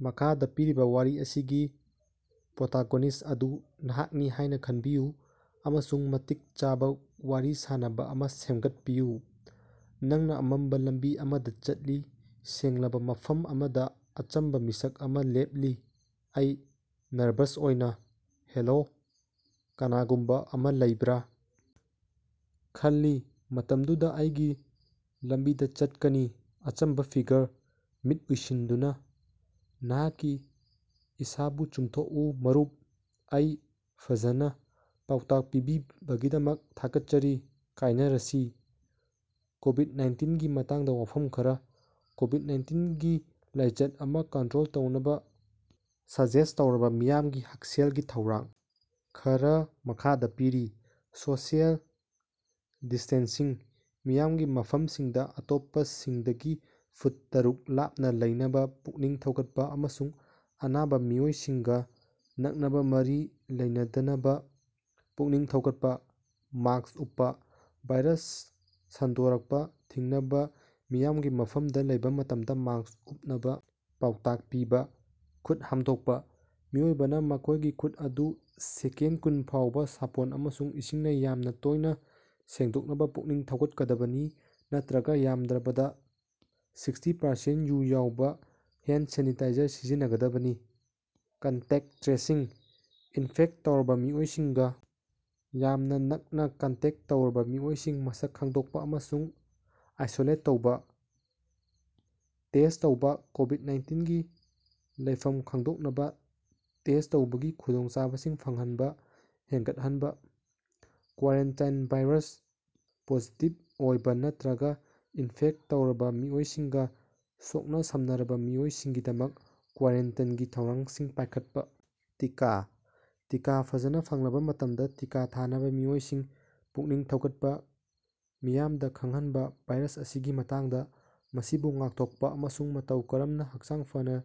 ꯃꯈꯥꯗ ꯄꯤꯔꯤꯕ ꯋꯥꯔꯤ ꯑꯁꯤꯒꯤ ꯄ꯭ꯔꯣꯇꯣꯒꯣꯅꯤꯁ꯭ꯠ ꯑꯗꯨ ꯅꯍꯥꯛꯅꯤ ꯍꯥꯏꯅ ꯈꯟꯕꯤꯌꯨ ꯑꯃꯁꯨꯡ ꯃꯇꯤꯛ ꯆꯥꯕ ꯋꯥꯔꯤ ꯁꯥꯅꯕ ꯑꯃ ꯁꯦꯝꯒꯠꯄꯤꯌꯨ꯫ ꯅꯪꯅ ꯑꯃꯝꯕ ꯂꯝꯕꯤ ꯑꯃꯗ ꯆꯠꯂꯤ꯫ ꯁꯦꯡꯂꯕ ꯃꯐꯝ ꯑꯃꯗ ꯑꯆꯝꯕ ꯃꯤꯁꯛ ꯑꯃ ꯂꯦꯞꯂꯤ꯫ ꯑꯩ (ꯅꯔꯚꯁ ꯑꯣꯏꯅ) -ꯍꯦꯂꯣ? ꯀꯅꯥꯒꯨꯝꯕ ꯑꯃ ꯂꯩꯕ꯭ꯔꯥ? ꯈꯜꯂꯤ ꯃꯇꯝꯗꯨꯗ ꯑꯩꯒꯤ ꯂꯝꯕꯤꯗ ꯆꯠꯀꯅꯤ꯫ ꯑꯆꯝꯕꯥ ꯐꯤꯒꯔ: (ꯃꯤꯠ ꯎꯏꯁꯤꯟꯗꯨꯅꯥ) ꯅꯍꯥꯛꯀꯤ ꯏꯁꯥꯕꯨ ꯆꯨꯝꯊꯣꯛꯎ, ꯃꯔꯨꯞ꯫ ꯑꯩ: (ꯐꯖꯅꯥ) ꯄꯥꯎꯇꯥꯛ ꯄꯤꯕꯤꯕꯒꯤꯗꯃꯛ ꯊꯥꯒꯠꯆꯔꯤ꯫ ꯀꯥꯏꯅꯔꯁꯤ꯫ ꯀꯣꯕꯤꯗ-ꯅꯥꯏꯟꯇꯤꯟꯒꯤ ꯃꯇꯥꯡꯗ ꯋꯥꯐꯝ ꯈꯔ꯫ ꯀꯣꯕꯤꯗ-ꯅꯥꯏꯟꯇꯤꯟꯒꯤ ꯂꯥꯏꯆꯠ ꯑꯃ ꯀꯟꯇ꯭ꯔꯣꯜ ꯇꯧꯅꯕ ꯁꯖꯦꯁ꯭ꯠ ꯇꯧꯔꯕ ꯃꯤꯌꯥꯝꯒꯤ ꯍꯛꯁꯦꯜꯒꯤ ꯊꯧꯔꯥꯡ ꯈꯔ ꯃꯈꯥꯗꯥ ꯄꯤꯔꯤ: ꯁꯣꯁꯤꯑꯦꯜ ꯗꯤꯁ꯭ꯇꯦꯟꯁꯤꯡ: ꯃꯤꯌꯥꯝꯒꯤ ꯃꯐꯝꯁꯤꯡꯗ ꯑꯇꯣꯞꯄꯁꯤꯡꯗꯒꯤ ꯐꯨꯠ ꯇꯔꯨꯛ ꯂꯥꯞꯅ ꯂꯩꯅꯕ ꯄꯨꯛꯅꯤꯡ ꯊꯧꯒꯠꯄ ꯑꯃꯁꯨꯡ ꯑꯅꯥꯕ ꯃꯤꯑꯣꯏꯁꯤꯡꯒ ꯅꯛꯅꯕ ꯃꯔꯤ ꯂꯩꯅꯗꯅꯕ ꯄꯨꯛꯅꯤꯡ ꯊꯧꯒꯠꯄ꯫ ꯃꯥꯁ꯭ꯛ ꯎꯞꯄꯥ: ꯚꯥꯏꯔꯁ ꯁꯟꯗꯣꯔꯛꯄꯥ ꯊꯤꯡꯅꯕ ꯃꯤꯌꯥꯝꯒꯤ ꯃꯐꯝꯗꯥ ꯂꯩꯕ ꯃꯇꯝꯗ ꯃꯥꯁ꯭ꯛ ꯎꯞꯅꯕ ꯄꯥꯎꯇꯥꯛ ꯄꯤꯕ꯫ ꯈꯨꯠ ꯍꯥꯝꯗꯣꯛꯄ: ꯃꯤꯑꯣꯏꯕꯅ ꯃꯈꯣꯏꯒꯤ ꯈꯨꯠ ꯑꯗꯨ ꯁꯦꯀꯦꯟꯗ ꯀꯨꯟ ꯐꯥꯎꯕꯥ ꯁꯥꯄꯣꯟ ꯑꯃꯁꯨꯡ ꯏꯁꯤꯡꯅ ꯌꯥꯝꯅ ꯇꯣꯏꯅ ꯁꯦꯡꯗꯣꯛꯅꯕ ꯄꯨꯛꯅꯤꯡ ꯊꯧꯒꯠꯀꯗꯕꯅꯤ, ꯅꯠꯇ꯭ꯔꯒ ꯌꯥꯝꯗ꯭ꯔꯕꯗ ꯁꯥꯛꯁꯇꯤ ꯄꯥꯔꯁꯦꯟꯇ ꯌꯨ ꯌꯥꯎꯕ ꯍꯦꯟꯗ ꯁꯦꯅꯤꯇꯥꯏꯖꯔ ꯁꯤꯖꯤꯟꯅꯒꯗꯕꯅꯤ꯫ ꯀꯟꯇꯦꯛꯇ ꯇ꯭ꯔꯦꯁꯤꯡ: ꯏꯅꯐꯦꯛꯇ ꯇꯧꯔꯕ ꯃꯤꯑꯣꯏꯁꯤꯡꯒ ꯌꯥꯝꯅ ꯅꯛꯅ ꯀꯟꯇꯦꯛꯇ ꯇꯧꯔꯕ ꯃꯤꯑꯣꯏꯁꯤꯡ ꯃꯁꯛ ꯈꯪꯗꯣꯛꯄ ꯑꯃꯁꯨꯡ ꯑꯥꯏꯁꯣꯂꯦꯠ ꯇꯧꯕ꯫ ꯇꯦꯁ꯭ꯠ ꯇꯧꯕ ꯀꯣꯕꯤꯗ-ꯅꯥꯏꯟꯇꯤꯟꯒꯤ ꯂꯩꯐꯝ ꯈꯪꯗꯣꯛꯅꯕ ꯇꯦꯁ꯭ꯠ ꯇꯧꯕꯒꯤ ꯈꯨꯗꯣꯡꯆꯥꯕꯁꯤꯡ ꯐꯪꯍꯟꯕ ꯍꯦꯟꯒꯠꯍꯟꯕ꯫ ꯀ꯭ꯋꯥꯔꯦꯟꯇꯥꯏꯟ ꯚꯥꯏꯔꯁ ꯄꯣꯖꯤꯇꯤꯕ ꯑꯣꯏꯕ ꯅꯠꯇ꯭ꯔꯒ ꯏꯟꯐꯦꯛꯇ ꯇꯧꯔꯕ ꯃꯤꯑꯣꯏꯁꯤꯡꯒ ꯁꯣꯛꯅ-ꯁꯝꯅꯔꯕ ꯃꯤꯑꯣꯏꯁꯤꯡꯒꯤꯗꯃꯛ ꯀ꯭ꯋꯥꯔꯦꯟꯇꯥꯏꯟꯒꯤ ꯊꯧꯔꯥꯡꯁꯤꯡ ꯄꯥꯏꯈꯠꯄ꯫ ꯇꯤꯀꯥ: ꯇꯤꯀꯥ ꯐꯖꯅ ꯐꯪꯂꯕ ꯃꯇꯝꯗꯥ ꯇꯤꯀꯥ ꯊꯥꯅꯕ ꯃꯤꯑꯣꯏꯁꯤꯡ ꯄꯨꯛꯅꯤꯡ ꯊꯧꯒꯠꯄ꯫ ꯃꯤꯌꯥꯃꯗ ꯈꯪꯍꯟꯕ ꯚꯥꯏꯔꯁ ꯑꯁꯤꯒꯤ ꯃꯇꯥꯡꯗ, ꯃꯁꯤꯕꯨ ꯉꯥꯛꯊꯣꯛꯄ, ꯑꯃꯁꯨꯡ ꯃꯇꯧ ꯀꯔꯝꯅꯥ ꯍꯛꯆꯥꯡ ꯐꯅ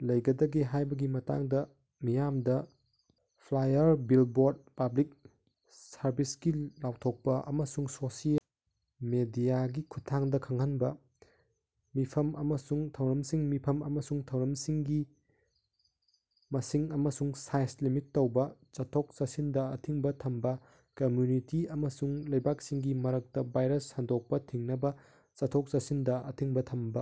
ꯂꯩꯒꯗꯒꯦ ꯍꯥꯏꯕꯒꯤ ꯃꯇꯥꯡꯗ ꯃꯤꯌꯥꯝꯗ ꯐ꯭ꯂꯥꯏꯌꯥꯔ, ꯕꯤꯜꯕꯣꯔꯗ, ꯄꯕ꯭ꯂꯤꯛ ꯁꯔꯕꯤꯁꯀꯤ ꯂꯥꯎꯊꯣꯛꯄ, ꯑꯃꯁꯨꯡ ꯁꯣꯁꯤꯑꯦꯜ ꯃꯤꯗꯤꯌꯥꯒꯤ ꯈꯨꯠꯊꯥꯡꯗꯥ ꯈꯪꯍꯟꯕ꯫ ꯃꯤꯐꯝ ꯑꯃꯁꯨꯡ ꯊꯧꯔꯝꯁꯤꯡ ꯃꯤꯐꯝ ꯑꯃꯁꯨꯡ ꯊꯧꯔꯝꯁꯤꯡꯒꯤ ꯃꯁꯤꯡ ꯑꯃꯁꯨꯡ ꯁꯥꯏꯖ ꯂꯤꯃꯤꯠ ꯇꯧꯕ꯫ ꯆꯠꯊꯣꯛ-ꯆꯠꯁꯤꯟꯗ ꯑꯊꯤꯡꯕ ꯊꯝꯕ ꯀꯝꯃ꯭ꯌꯨꯅꯤꯇꯤ ꯑꯃꯁꯨꯡ ꯂꯩꯕꯥꯛꯁꯤꯡꯒꯤ ꯃꯔꯛꯇ ꯚꯥꯏꯔꯁ ꯁꯟꯗꯣꯛꯄ ꯊꯤꯡꯅꯕ ꯆꯠꯊꯣꯛ-ꯆꯠꯁꯤꯟꯗ ꯑꯊꯤꯡꯕ ꯊꯝꯕ꯫